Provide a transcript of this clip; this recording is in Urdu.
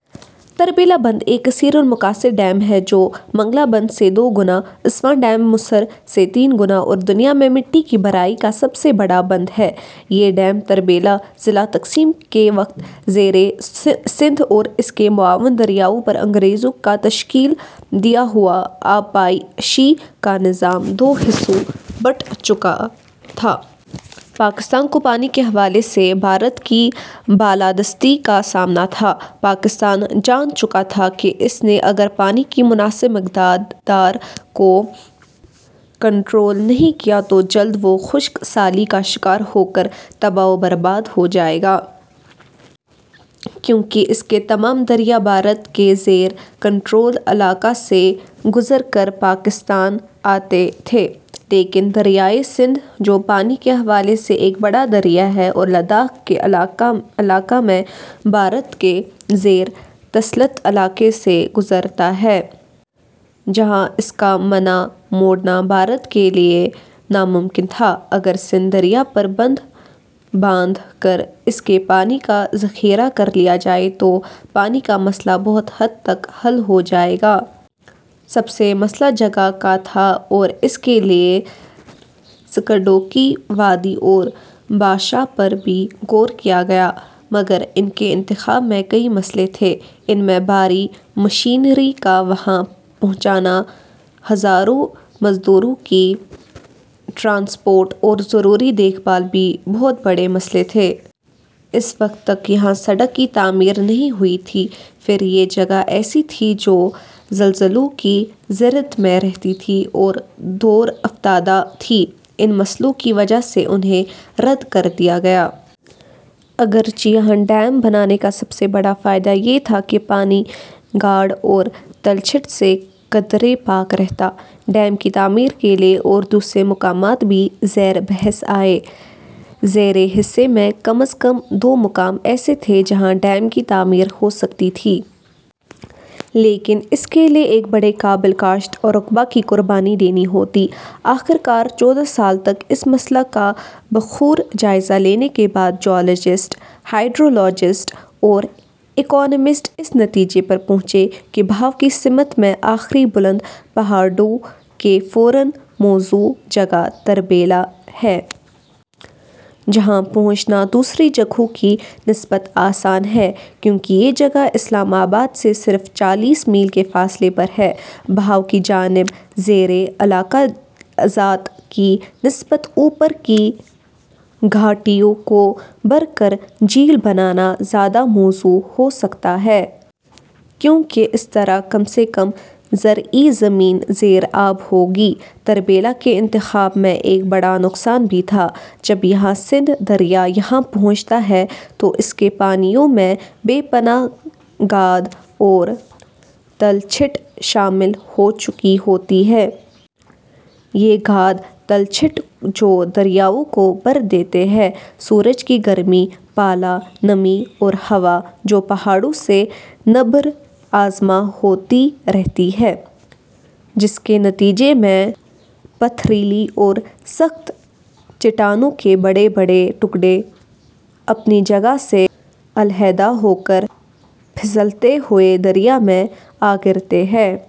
تربیلا بند ایک کثیر المقاصد ڈیم ہے جو منگلا بند سے دو گنا، اسوان ڈیم مصر سے تین گنا اور دنیا میں مٹی کی بھرائی کا سب سے بڑا بند ہے۔ یہ ڈیم تربیلا ، ضلع تقسیم کے وقت زیریں سندھ اور اس کے معاون دریاؤں پر انگریزوں کا تشکیل دیا ہوا آبپاشی کا نظام دو حصوں بٹ چکا تھا۔ پاکستان کو پانی کے حوالے سے بھارت کی بالادستی کا سامنا تھا۔ پاکستان جان چکا تھا کہ اس نے اگر پانی کی مناسب مقدار کو کنٹرول نہیں کیا تو جلد وہ خشک سالی کا شکار ہوکر تباہ وہ برباد ہوجائے گا۔ کیوں کہ اس کے تمام دریا بھارت کے زیر کنٹرول علاقہ سے گذر کر پاکستان آتے تھے۔ لیکن دریائے سندھ جو پانی کے حوالے سے ایک بڑا دریا ہے اور لداخ کے علاقہ میں بھارت کے زیر تسلط علاقے سے گزرتا ہے۔ جہاں اس کا منہ موڑنا بھارت کے لیے ناممکن تھا۔ اگر سندھ دریا پر بند باندھ کر اس کے پانی کا ذخیرہ کر لیا جائے تو پانی کا مسلہ بہت حد تک حل ہوجائے گا۔ سب سے مسلہ جگہ کا تھا اور اس کے لیے سکردو کی وادی اور بھاشاہ پر بھی غور کیا گیا، مگر ان کے انتخاب میں کئی مسلے تھے۔ ان میں بھاری مشینری کا وہاں پہچانا، ہزاروں مزدوروں کی ٹرانسپورٹ اور ضروری دیکھ بھال بھی بہت بڑے مسلے تھے۔ اس وقت تک یہاں سڑک کی تعمیر نہیں ہوئی تھی۔ پھر یہ جگہ ایسی تھی جو زلزلوں کی زرد میں رہتی تھی اور دور افتادہ تھی۔ ان مسلوں کی وجہ سے انھیں رد کر دیا گیا۔ اگرچہ یہاں ڈیم بنانے کا سب سے بڑا فائدہ یہ تھا کہ پانی گاد اور تلچھٹ سے قدرے پاک رہتا۔ ڈیم کی تعمیر کے لیے اور دوسرے مقامات بھی زیر بحث آئے۔ زیریں حصے میں کم از کم دو مقام ایسے تھے، جہاں ڈیم کی تعمیر ہو سکتی تھی۔ لیکن اس کے لیے ایک بڑے قابل کاشت رقبہ کی قربانی دینی ہوتی۔ آخر کار چودہ سال تک اس مسلہ کا بغور جائزہ لینے کے بعد جیالوجسٹ، ہائیڈرولوجست اور اکانومسٹ اس نتیجے پر پہنچے کہ بہاوَ کی سمت میں آخری بلند پہاڑیوں کے فوراً موزوں جگہ تربیلہ ہے۔ جہاں پہنچنا دوسری جگہوں کی نسبت آسان ہے۔ کیوں کہ یہ جگہ اسلام آباد سے صرف چالیس میل کے فاصلے پر ہے۔ بہاوَ کی جانب زیریں علاقہ جات کی نسبت اوپر کی گھاٹیوں کو بھر کر جھیل بنانا زیادہ موزوں ہو سکتا ہے۔ کیوں کہ اس طرح کم سے کم زرعی زمین زیر آب ہوگی۔ تربیلہ کے انتخاب میں ایک بڑا نقصان بھی تھا۔ جب یہاں سندھ دریا یہاں پہنچتا ہے تو اس کے پانیوں میں بے پناہ گاد اور تلچھٹ شامل ہو چکی ہوتی ہے۔ یہ گاد تلچھٹ جو دریاؤں کو بھر دیتے ہیں۔ سورج کی گرمی، پالا، نمی اور ہوا جو پہاڑوں سے نبر آزما ہوتی رہتی ہے۔ جس کے نتیجے میں پتھریلی اور سخت چٹانوں کے بڑے بڑے ٹکرے اپنی جگہ سے علحیدہ ہوکر پھسلتے ہوئے دریا میں آگرتے ہیں۔